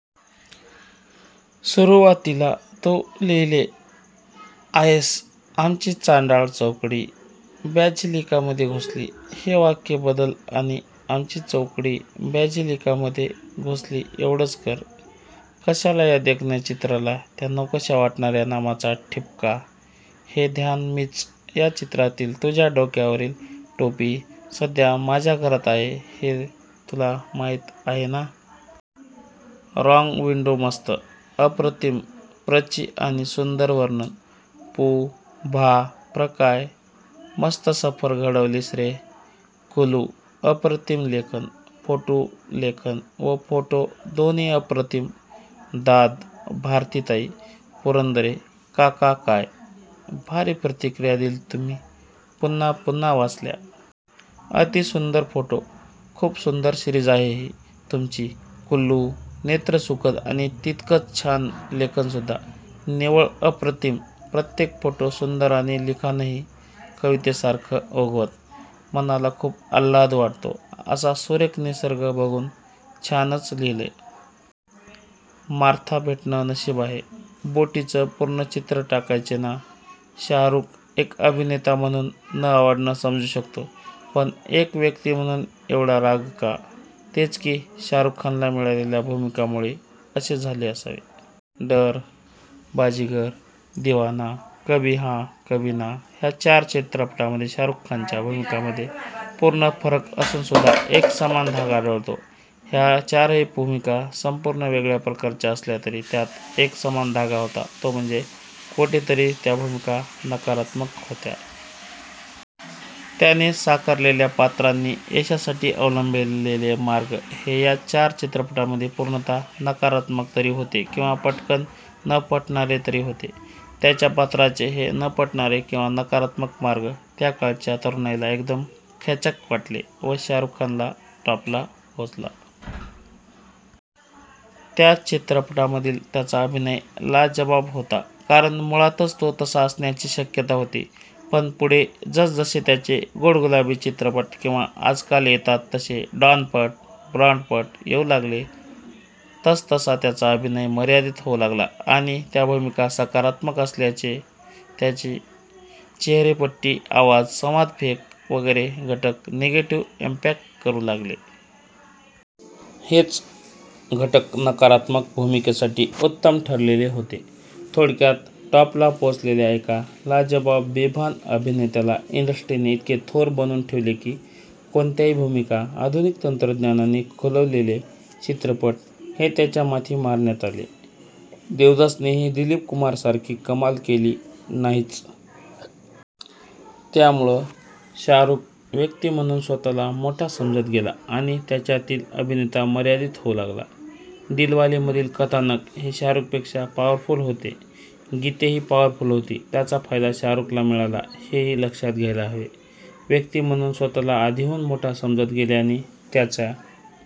सुरुवातीला तू लिहिले आहेसआमची चांडाळ चौकडी बॅझिलिका मधे घुसली" ~ हे वाक्य बदल आणि "आमची चौकडी बॅझिलिका मधे घुसली. " एवढेच कर. कशाला या देखण्या चित्राला त्या नकोशा वाटणा-या नामाचा ठिपका? "हे ध्यान मीच" या चित्रातील तुझ्या डोक्यावरील टोपी सध्या माझ्या घरात आहे, हे तुला माहीत आहे ना? राँग विंडोमस्त.. अप्रतिम प्रचि आणि सुन्दर वर्णन, पु भा प्रकाय मस्त सफर घडवलीस रे कुलु! अप्रतिम लेखन, फोटुलेखन व फोटो दोन्ही अप्रतीम! दाद, भारती ताई, पुरंदरे काकाकाय भारी प्रतिक्रिया दिलेत तुम्ही! पुन्हा पुन्हा वाचल्या! अतिसुन्दर फोटो! खूप सुंदर सिरीज आहे ही तुमची, कुलु! नेत्रसुखद आणि तितकंच छान लेखन सुद्धा. निव्वळ अप्रतिम!! प्रत्येक फोटो सुंदर आणि लिखाणही कवितेसारखं ओघवत.. मनाला खूप आल्हाद वाटतो असा सुरेख निसर्ग बघूनछानच लिहिलय. मार्था भेटणं नशीब आहे. बोटीचे पुर्ण चित्र टाकायचे ना? शाहरूख एक अभिनेता म्हणून न आवडण समजू शकतो, पण एक व्यक्ती म्हणून एवढा राग का? तेच की.. शाहरुख खानला मिळालेल्या भूमिकांमुळे असे झाले असावे. डर, बाजीगर, दीवाना, कभी हां कभी ना ह्या चार चित्रपटांमध्ये शाहरुख खानच्या भूमिकांमध्ये पूर्ण फरक असूनसुद्धा एक समान धागा आढळतो. ह्या चारही भूमिका संपूर्ण वेगळ्या प्रकारच्या असल्या तरी त्यात एक समान धागा होता तो म्हणजे कोठेतरी त्या भूमिका नकारात्मक होत्या. त्याने साकारलेल्या पात्रांनी यशासाठी अवलंबलेले मार्ग हे ह्या चार चित्रपटांमध्ये पूर्णतः नकारात्मक तरी होते किंवा पटकन् न पटणारे तरी होते.. त्याच्या पात्रांचे हे न पटणारे किंवा नकारात्मक मार्ग त्या काळच्या तरुणाईला एकदम खच्चॅक वाटले व शाहरुख खान टॉपला पोचला. त्या चित्रपटांमधील त्याचा अभिनय लाजवाब होता कारण मुळातच तो तसा असण्याची शक्यता होती.. पण पुढे जसजसे त्याचे गोडगुलाबी चित्रपट किंवा आजकाल येतात तसे डॉनपट / बाँडपट येऊ लागले तसतसा त्याचा अभिनय मर्यादीत होऊ लागला आणि त्या भूमिका सकारात्मक असल्याने त्याची चेहरेपट्टी, आवाज, संवादफेक वगैरे घटक निगेटिव्ह इम्पॅक्ट करू लागले. हेच घटक नकारात्मक भूमिकेसाठी उत्तम ठरलेले होते. थोडक्यात, टॉपला पोचलेल्या एका लाजवाब बेभान अभिनेत्याला इंडस्ट्रीने इतके थोर बनवून ठेवले की कोणत्याही भूमिका, आधुनिक तंत्रज्ञानाने खुलवलेले चित्रपट हे त्याच्या माथी मारण्यात आले. देवदासनेही दिलीपकुमारसारखी कमाल केली नाहीच. त्यामुळे शाहरुख व्यक्ती म्हणून स्वतःला मोठा समजत गेला आणि त्याच्यातील अभिनेता मर्यादीत होऊ लागला. दिलवालेमधील कथानक हे शाहरुखपेक्षा पॉवरफुल होते. गीतेही पॉवरफुल होती. त्याचा फायदा शाहरुखला मिळाला हेही लक्षात घ्यायला हवे. व्यक्ती म्हणून स्वतःला आधीहून मोठा समजत गेल्याने त्याचा